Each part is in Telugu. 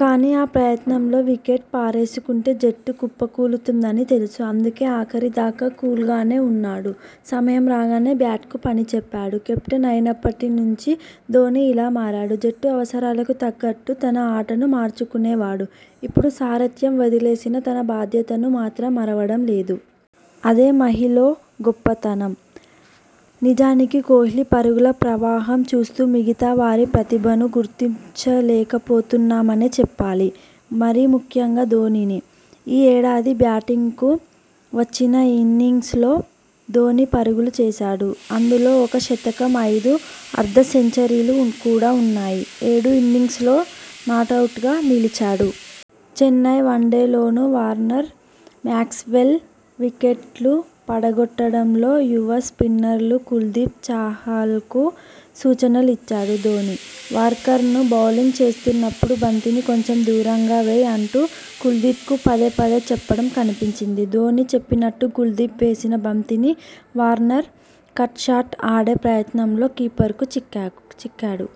కానీ, ఆ ప్రయత్నంలో వికెట్ పారేసుకుంటే జట్టు కుప్పకూలుతుందని తెలుసు. అందుకే ఆఖరి దాకా కూల్గానే ఉన్నాడు! సమయం రాగానే బ్యాట్కు పని చెప్పాడు. కెప్టెన్ అయినప్పటి నుంచి ధోనీ ఇలా మారాడు. జట్టు అవసరాలకు తగ్గట్టు తన ఆటను మార్చుకునేవాడు. ఇప్పుడు సారథ్యం వదిలేసినా తన బాధ్యతను మాత్రం మరవడం లేదు. అదే మహీలో గొప్పతనం. నిజానికి కోహ్లీ పరుగుల ప్రవాహం చూస్తూ మిగతా వారి ప్రతిభను గుర్తించలేకపోతున్నామనే చెప్పాలి. మరీ ముఖ్యంగా ధోనీని. ఈ ఏడాది బ్యాటింగ్కు వచ్చిన ఇన్నింగ్స్ల్లో ధోనీ పరుగులు చేశాడు. అందులో ఓ శతకం, ఐదు అర్ధ సెంచరీలు కూడా ఉన్నాయి. ఏడు ఇన్నింగ్స్ల్లో నాటౌట్గా నిలిచాడు. చెన్నై వన్డేలోనూ వార్నర్, మాక్స్వెల్ వికెట్లు పడగొట్టడంలో యువ స్పిన్నర్లు కుల్దీప్, చాహల్కు సూచనలిచ్చాడు ధోనీ. వార్నర్కు బౌలింగ్ చేస్తున్నప్పుడు 'బంతిని కొంచెం దూరంగా వెయ్' అంటూ కుల్దీప్కు పదే పదే చెప్పడం కనిపించింది. ధోనీ చెప్పినట్టు కుల్దీప్ వేసిన బంతిని వార్నర్ కట్ షాట్ ఆడే ప్రయత్నంలో కీపర్కు చిక్కాడు.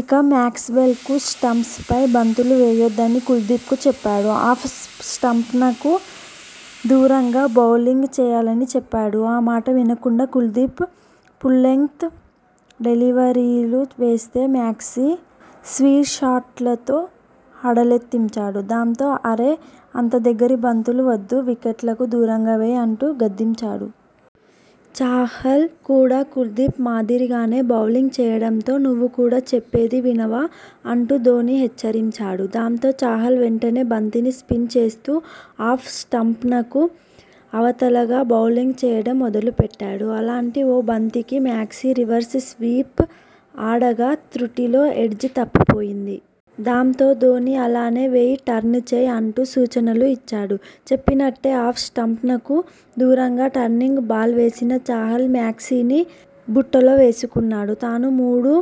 ఇక, మ్యాక్స్వెల్కు స్టంప్స్పై బంతులు వేయొద్దని కుల్దీప్కు చెప్పాడు. ఆఫ్ స్టంప్నకు దూరంగా బౌలింగ్ చేయాలని చెప్పాడు. ఆ మాట వినకుండా కుల్దీప్ ఫుల్లెంగ్త్ డెలివరీలు వేస్తే మాక్సీ స్వీప్షాట్లతో హడలెత్తించాడు. దాంతో, 'అరే అంత దగ్గరి బంతులు వద్దు వికెట్లకు దూరంగా వెయ్' అంటు గద్దించాడు. చాహల్ కూడా కుల్దీప్ మాదిరిగానే బౌలింగ్ చేయడంతో 'నువ్వు కూడా చెప్పేది వినవా? ' అంటూ ధోనీ హెచ్చరించాడు. దాంతో, చాహల్ వెంటనే బంతిని స్పిన్ చేస్తూ ఆఫ్ స్టంప్నకు అవతలగా బౌలింగ్ చేయడం మొదలుపెట్టాడు. అలాంటి ఓ బంతికి మాక్సీ రివర్స్ స్వీప్ ఆడగా తృటిలో ఎడ్జ్ తప్పిపోయింది. దాంతో, ధోనీ 'అలానే వెయ్ టర్న్ చెయ్' అంటూ సూచనలు ఇచ్చాడు. చెప్పినట్టే ఆఫ్ స్టంప్నకు దూరంగా టర్నింగ్ బాల్ వేసిన చాహల్ మాక్సీని బుట్టలోవేసుకున్నాడు. తాను మూడు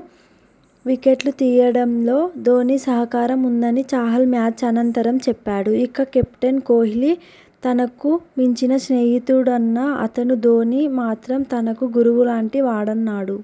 వికెట్లు తీయడంలో ధోనీ సహకారం ఉందని చాహల్ మ్యాచ్ అనంతరం చెప్పాడు. ఇక, కెప్టెన్ కోహ్లీ తనకు మంచి స్నేహితుడన్న అతను ధోనీ మాత్రం తనకు గురువులాంటి వాడన్నాడు.